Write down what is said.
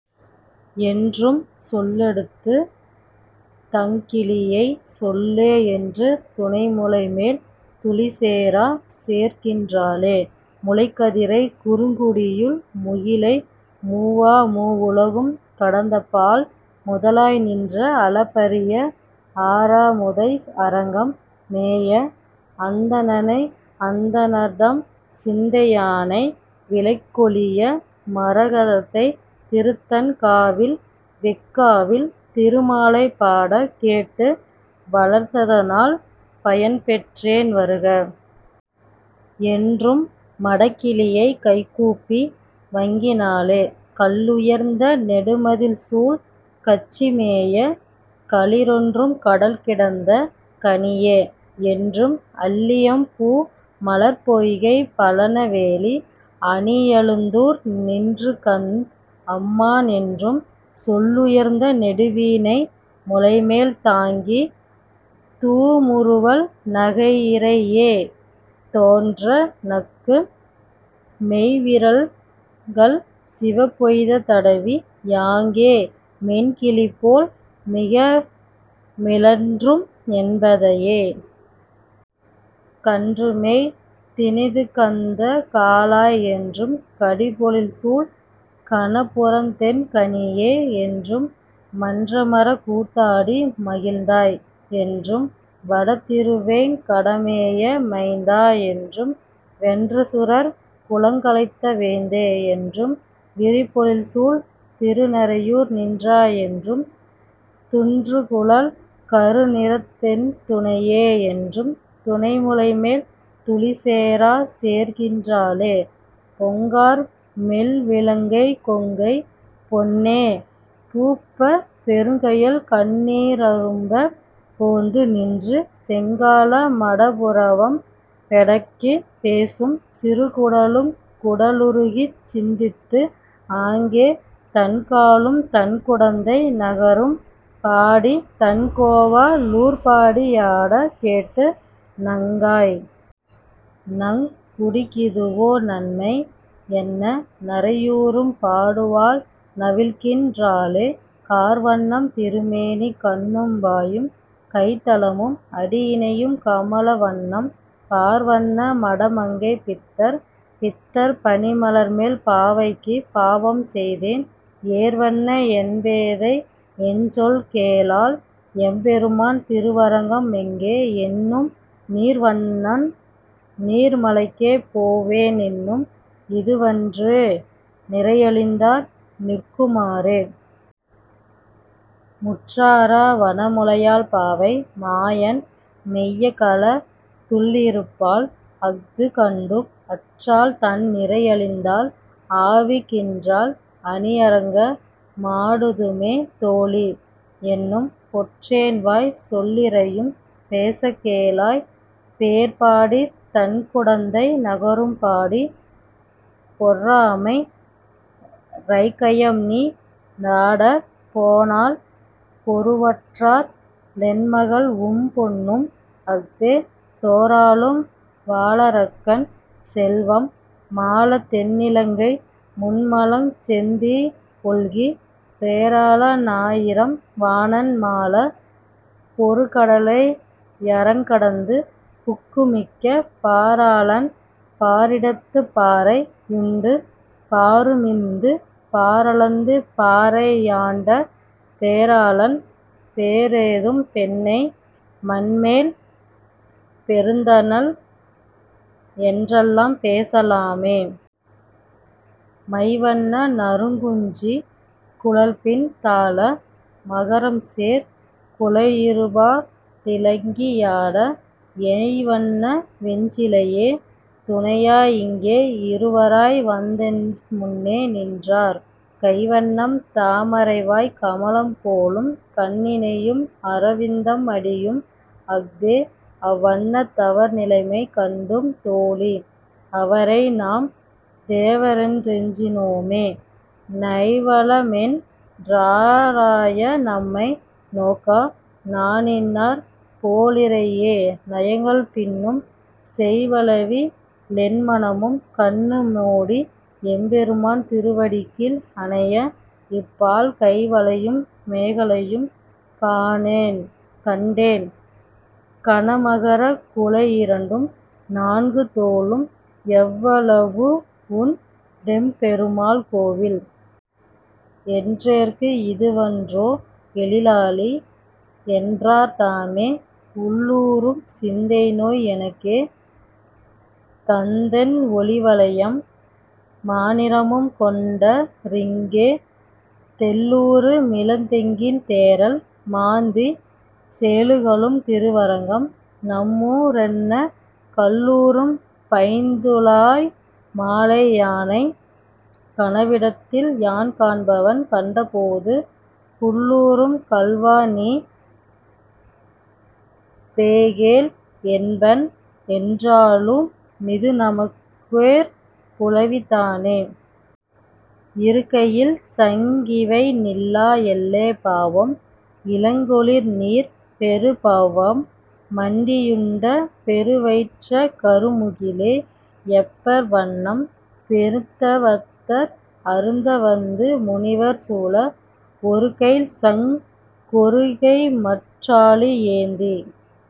என்றும்,। சொல்லெடுத்துத் தங்கிளியைச் சொல்லே என்று துணைமுலைமேல் துளிசோரச் சோர்க்கின் றாளே. முளைக்கதிரைக் குறுங்குடியுள் முகிலை மூவா மூவுலகும் கடந்தப்பால் முதலாய் நின்ற, அளப்பரிய ஆரமுதை அரங்கம் மேய அந்தணனை அந்தணர்தம் சிந்தை யானை, விளக்கொளியை மரகதத்தைத் திருத்தண் காவில் வெஃகாவில் திருமாலைப் பாடக் கேட்டு வளர்த்ததனால் பயன்பெற்றேன் வருக. என்று மடக்கிளியைக் கைகூப்பி வங்கி னாளே. கல்லுயர்ந்த நெடுமதிள்சூழ் கச்சி மேய களிறென்றும் கடல்கிடந்த கனியே. என்றும், அல்லியம்பூ மலர்ப்பொய்கைப் பழன வேலி அணியழுந்தூர் நின்றுகந்த அம்மான் என்றும், சொல்லுயர்ந்த நெடுவீணை முலைமேல் தாங்கித் தூமுறுவல் நகையிறையே தோன்ற நக்கு, மெல்விரல்கள் சிவப்பெய்தத் தடவி யாங்கே மென்கிளிபோல் மிகமிழற்றும் என்பே தையே. கன்றுமேய்த் தினிதுகந்த காளாய். என்றும், கடிபொழில்சூழ் கணபுரத்தென் கனியே. என்றும், மன்றமரக் கூத்தாடி மகிழ்ந்தாய். என்றும், வடதிருவேங் கடம்மேய மைந்தா. என்றும், வென்றசுரர் குலங்களைந்த வேந்தே. என்றும், விரிபொழில்சூழ் திருநறையூர் நின்றாய். என்றும், துன்றுகுழல் கருநிறத்தென் துணையே என்றும் துணைமுலைமேல் துளிசோரச் சோர்க்கின் றாளே. பொங்கார்மெல் லிளங்கொங்கை பொன்னே பூப்பப் பொருகயல்கண் ணீரரும்பப் போந்து நின்று செங்கால மடப்புறவம் பெடைக்குப் பேசும் சிறுகுரலுக் குடலுருகிச் சிந்தித்து, ஆங்கே தண்காலும் தண்குடந்தை நகரும் பாடித் தண்கோவ லூர்ப்பாடி யாடக் கேட்டு, நங்காய். நங் குடிக்கிதுவோ நன்மை? என்ன நறையூரும் பாடுவாள் நவில்கின் றாளே. கார்வண்ணம் திருமேனி கண்ணும் வாயும் கைத்தலமும் அடியிணையும் கமல வண்ணம், பார்வண்ண மடமங்கை பித்தர் பித்தர் பனிமலர்மேல் பாவைக்குப் பாவம் செய்தேன், ஏர்வண்ண என்பேதை எஞ்சொல் கேளாள் எம்பெருமான் திருவரங்க மெங்கே? என்னும், நீர்வண்ணன் நீர்மலைக்கே போவேன் என்னும் இதுவன்றோ நிறையழிந்தார் நிற்கு மாறே? முற்றாரா வனமுலையாள் பாவை மாயன் மொய்யகலத் துள்ளிருப்பாள் அஃதும் கண்டும் அற்றாள், தன் நிறையழிந்தாள் ஆவிக் கின்றாள் அணியரங்க மாடுதுமோ தோழீ. என்னும், பெற்றேன்வாய்ச் சொல்லிறையும் பேசக் கேளாள் பேர்ப்பாடித் தண்குடந்தை நகரும் பாடி, பொற்றாம ரைக்கயம்நீ ராடப் போனாள் பொருவற்றா ளென்மகள்உம் பொன்னும் அஃதே. தோராளும் வாளரக்கன் செல்வம் மாளத் தென்னிலங்கை முன்மலங்கச் செந்தீ ஒல்கி, பேராள னாயிரம் வாணன் மாளப் பொருகடலை யரண்கடந்து புக்கு மிக்க பாராளன், பாரிடந்து பாரை யுண்டு பாருமிழ்ந்து பாரளந்து பாரை யாண்ட பேராளன், பேரோதும் பெண்ணை மண்மேல் பெருந்தவத்தள் என்றல்லால் பேச லாமே? மைவண்ண நறுங்குஞ்சி குழல்பின் தாழ மகரம்சேர் குழையிருபா டிலங்கி யாட, எய்வண்ண வெஞ்சிலையே துணையா இங்கே இருவராய் வந்தாரென் முன்னே நின்றார் கைவண்ணம் தாமரைவாய் கமலம் போலும் கண்ணிணையும் அரவிந்தம் அடியும் அஃதே, அவ்வண்ணத் தவர்நிலைமை கண்டும் தோழீ. அவரைநாம் தேவரென் றஞ்சி னோமே. நைவளமொன் றாராயா நம்மை நோக்கா நாணினார் போலிறையே நயங்கள் பின்னும், செய்வளவி லென்மனமும் கண்ணு மோடி எம்பெருமான் திருவடிக்கீழ் அணைய, இப்பால் கைவளையும் மேகலையும் காணேன் கண்டேன் கனமகரக் குழையிரண்டும் நான்கு தோளும், எவ்வளவுண் டெம்பெருமான் கோயில்? என்றேற்கு இதுவன்றோ எழிலாலி? என்றார் தாமே. உள்ளூரும் சிந்தைநோய் எனக்கே தந்தென் ஒளிவளையும் மாநிறமும் கொண்டா ரிங்கே, தெள்ளூரு மிளந்தெங்கின் தேறல் மாந்திச் சேலுகளும் திருவரங்கம் நம்மூ ரென்னக் கள்ளூரும் பைந்துழாய் மாலை யானைக் கனவிடத்தில் யான்காண்பன் கண்ட போது, புள்ளூரும் கள்வாநீ போகேல், என்பன் என்றாலு மிதுநமக்கோர் புலவி தானே? இருகையில்சங் கிவைநில்லா எல்லே பாவம். இலங்கொலிநீர் பெரும்பௌவம் மண்டி யுண்ட, பெருவயிற்ற கருமுகிலே யொப்பர் வண்ணம் பெருந்தவத்தர் அருந்தவத்து முனிவர் சூழ ஒருகையில்சங் கொருகைமற் றாழி யேந்தி